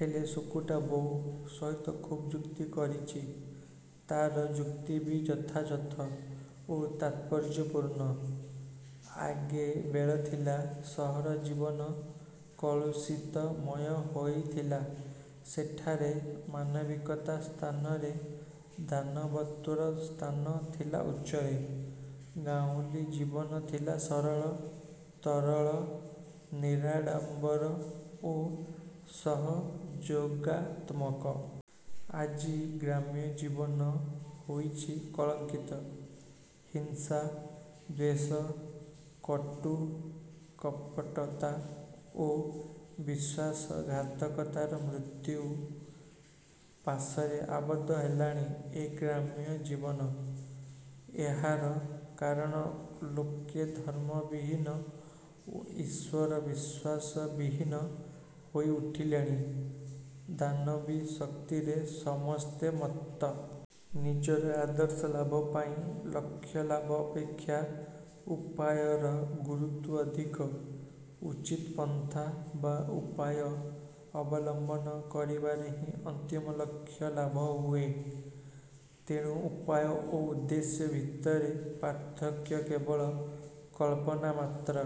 ହେଲେ ସୁକୁଟା ବୋଉ ସହିତ ଖୁବ୍ ଯୁକ୍ତି କରିଚି। ତାର ଯୁକ୍ତି ବି ଯଥାଯଥ ଓ ତାତ୍ପର୍ଯ୍ୟପୂର୍ଣ୍ଣ। ଆଗେ ବେଳଥିଲା ସହର ଜୀବନ କଳୁଷିତମୟ ହୋଇଥିଲା। ସେଠାରେ ମାନବିକତା ସ୍ଥାନରେ ଦାନବତ୍ୱର ସ୍ଥାନ ଥିଲା ଉଚ୍ଚରେ। ଗାଉଁଲୀ ଜୀବନ ଥିଲା ସରଳ, ତରଳ, ନିରାଡ଼ମ୍ୱର ଓ ସହ ଯୋଗାତ୍ମକ। ଆଜି ଗ୍ରାମ୍ୟ ଜୀବନ ହୋଇଛି କଳଙ୍କିତ। ହିଂସା, ଦ୍ୱେଷ, କଟୁ କପଟତା ଓ ବିଶ୍ୱାସଘାତକତାର ମୃତ୍ୟୁ ପାଶରେ ଆବଦ୍ଧ ହେଲାଣି ଏ ଗ୍ରାମ୍ୟ ଜୀବନ। ଏହାର କାରଣ ଲୋକେ ଧର୍ମ ବିହୀନ ଓ ଈଶ୍ୱର ବିଶ୍ୱାସ ବିହୀନ ହୋଇ ଉଠିଲେଣି। ଦାନବୀ ଶକ୍ତିରେ ସମସ୍ତେ ମତ୍ତ। ନିଜର ଆଦର୍ଶ ଲାଭ ପାଇଁ ଲକ୍ଷ ଲାଭ ଅପେକ୍ଷା ଉପାୟର ଗୁରୁତ୍ୱ ଅଧିକ। ଉଚିତ ପନ୍ଥା ବା ଉପାୟ ଅବଲମ୍ୱନ କରିବାରେ ହିଁ ଅନ୍ତିମ ଲକ୍ଷ୍ୟ ଲାଭ ହୁଏ; ତେଣୁ ଉପାୟ ଓ ଉଦ୍ଦେଶ୍ୟ ଭିତରେ ପାର୍ଥକ୍ୟ କେବଳ କଳ୍ପନା ମାତ୍ର।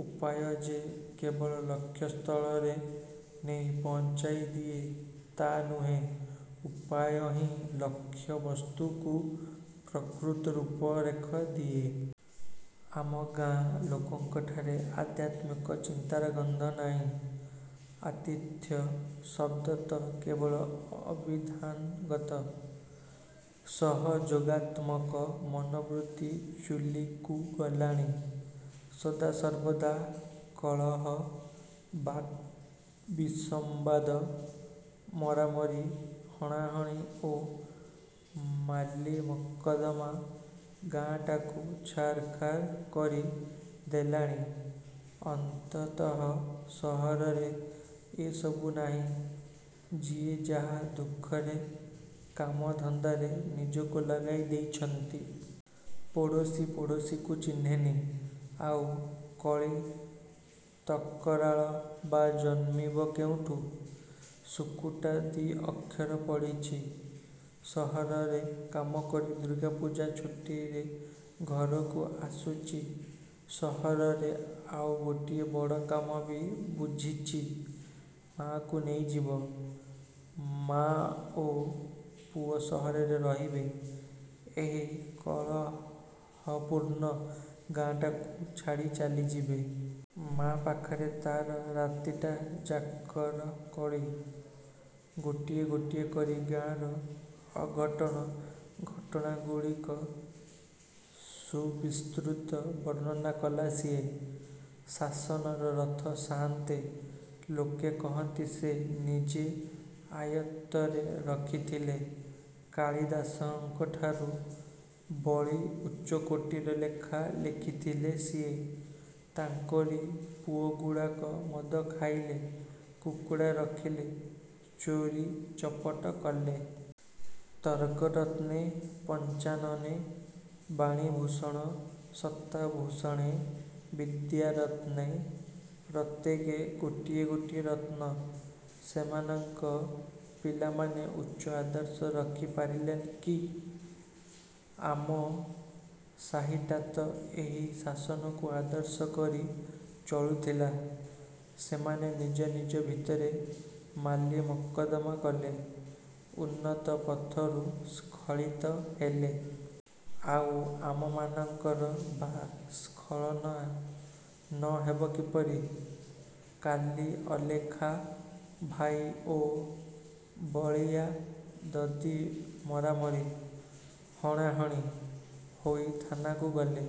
ଉପାୟ ଯେ କେବଳ ଲକ୍ଷ୍ୟ ସ୍ଥଳରେ ନେଇ ପହଞ୍ଚାଇ ଦିଏ ତାହା ନୁହେଁ, ଉପାୟ ହିଁ ଲକ୍ଷ୍ୟ ବସ୍ତୁକୁ ପ୍ରକୃତ ରୂପରେଖ ଦିଏ। ଆମ ଗାଁ ଲୋକଙ୍କଠାରେ ଆଧ୍ୟାତ୍ମିକ ଚିନ୍ତାର ଗନ୍ଧ ନାହିଁ। ଆତିଥ୍ୟ ଶବ୍ଦ ତ କେବଳ ଅଭିଧାନଗତ। ସହଯୋଗାତ୍ମକ ମନୋବୃତ୍ତି ଚୁଲିକୁ ଗଲାଣି। ସଦାସର୍ବଦା କଳହ, ବାକ ବିସମ୍ୱାଦ, ମରାମରି, ହଣାହଣି ଓ ମାଲିମକଦ୍ଦମା ଗାଁଟାକୁ ଛାରଖାର କରି ଦେଲାଣି। ଅନ୍ତଃତଃ ସହରରେ ଏସବୁ ନାହିଁ। ଯିଏ ଯାହା ଦୁଃଖରେ କାମ ଧନ୍ଦାରେ ନିଜକୁ ଲଗାଇ ଦେଇଚନ୍ତି। ପଡ଼ୋଶୀ ପଡ଼ୋଶୀକୁ ଚିହ୍ନେନି। ଆଉ କଳି ତକରାଳ ବା ଜନ୍ମିବ କେଉଁଠୁ? ସୁକୁଟା ଦି ଅକ୍ଷର ପଢ଼ିଚି। ସହରରେ କାମକରି ଦୁର୍ଗାପୂଜା ଛୁଟିରେ ଘରକୁ ଆସୁଚି। ସହରରେ ଆଉ ଗୋଟିଏ ବଡ଼ କାମ ବି ବୁଝିଚି। ମା'କୁ ନେଇଯିବ। ମା'ଓ ପୁଅ ସହରରେ ରହିବେ। ଏହି କଳହପୂର୍ଣ୍ଣ ଗାଁଟାକୁ ଛାଡ଼ି ଚାଲିଯିବେ। ମା' ପାଖରେ ତାର ରାତିଟା ଯାକର ଅଳି। ଗୋଟି ଗୋଟି କରି ଗାଁର ଅଘଟଣ ଘଟଣାଗୁଡ଼ିକ ସୁବିସ୍ତୃତ ବର୍ଣ୍ଣନା କଲା ସିଏ। ଶାସନର ରଥ ସାଆନ୍ତେ, ଲୋକେ କହନ୍ତି ସେ ନିଜେ ଆୟତ୍ତରେ ରଖିଥିଲେ। କାଳିଦାସଙ୍କଠାରୁ ବଳି ଉଚ୍ଚକୋଟିର ଲେଖା ଲେଖିଥିଲେ ସିଏ। ତାଙ୍କରି ପୁଅଗୁଡ଼ାକ ମଦ ଖାଇଲେ, କୁକୁଡ଼ା ରଖିଲେ, ଚୋରୀ ଚପଟ କଲେ। ତର୍କରତ୍ନେ, ପଞ୍ଚାନନେ, ବାଣୀଭୂଷଣ, ସଭାଭୂଷଣେ, ବିଦ୍ୟାରତ୍ନେ ପ୍ରତ୍ୟେକେ ଗୋଟିଏ ଗୋଟିଏ ରତ୍ନ। ସେମାନଙ୍କ ପିଲାମାନେ ଉଚ୍ଚ ଆଦର୍ଶ ରଖି ପାରିଲେ କି? ଆମ ସାହିଟାତ ଏହି ଶାସନକୁ ଆଦର୍ଶ କରି ଚଳୁଥିଲା। ସେମାନେ ନିଜ ନିଜ ଭିତରେ ମାଲିମକଦ୍ଦମା କଲେ। ଉନ୍ନତ ପଥରୁ ସ୍ଖଳିତ ହେଲେ। ଆଉ ଆମମାନଙ୍କର ବା ସ୍ଖଳନ ନ ହେବ କିପରି? କାଲି ଅଲେଖା ଭାଇ ଓ ବଳିଆ ଦଦୀ ମରାମରି, ହଣାହଣି ହୋଇ ଥାନାକୁ ଗଲେ।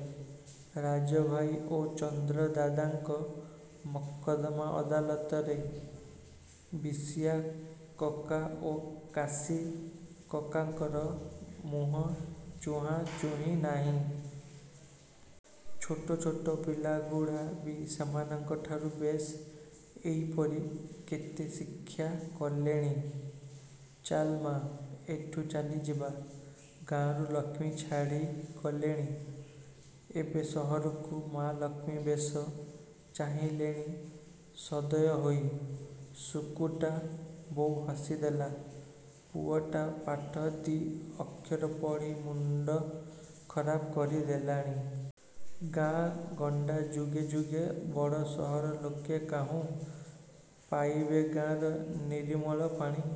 ରାଜ ଭାଇ ଓ ଚନ୍ଦ୍ର ଦାଦାଙ୍କ ମକଦ୍ଦମା ଅଦାଲତରେ। ବିଶିଆ କକା ଓ କାଶୀ କକାଙ୍କର ମୁହଁ ଚୁହାଁ ଚୁହିଁ ନାହିଁ। ଛୋଟ ଛୋଟ ପିଲାଗୁଡ଼ା ବି ସେମାନଙ୍କଠାରୁ ବେଶ ଏଇପରି କେତେ ଶିକ୍ଷା କଲେଣି-। ଚାଲ ମା, ଏଠୁ ଚାଲିଯିବା। ଗାଁରୁ ଲକ୍ଷ୍ମୀ ଛାଡ଼ି ଗଲେଣି। ଏବେ ସହରକୁ ମା ଲକ୍ଷ୍ମୀ ବେଶ ଚାହିଁଲେଣି ସଦୟ ହୋଇ। ସୁକୁଟା ବୋଉ ହସି ଦେଲା। ପୁଅଟା ପାଠ ଦି' ଅକ୍ଷର ପଢ଼ି ମୁଣ୍ଡ ଖରାପ କରି ଦେଲାଣି। ଗାଁ ଗଣ୍ଡା ଯୁଗେ ଯୁଗେ ବଡ଼ ସହର ଲୋକେ କାହୁଁ ପାଇବେ ଗାଁର ନିରିମଳ ପାଣି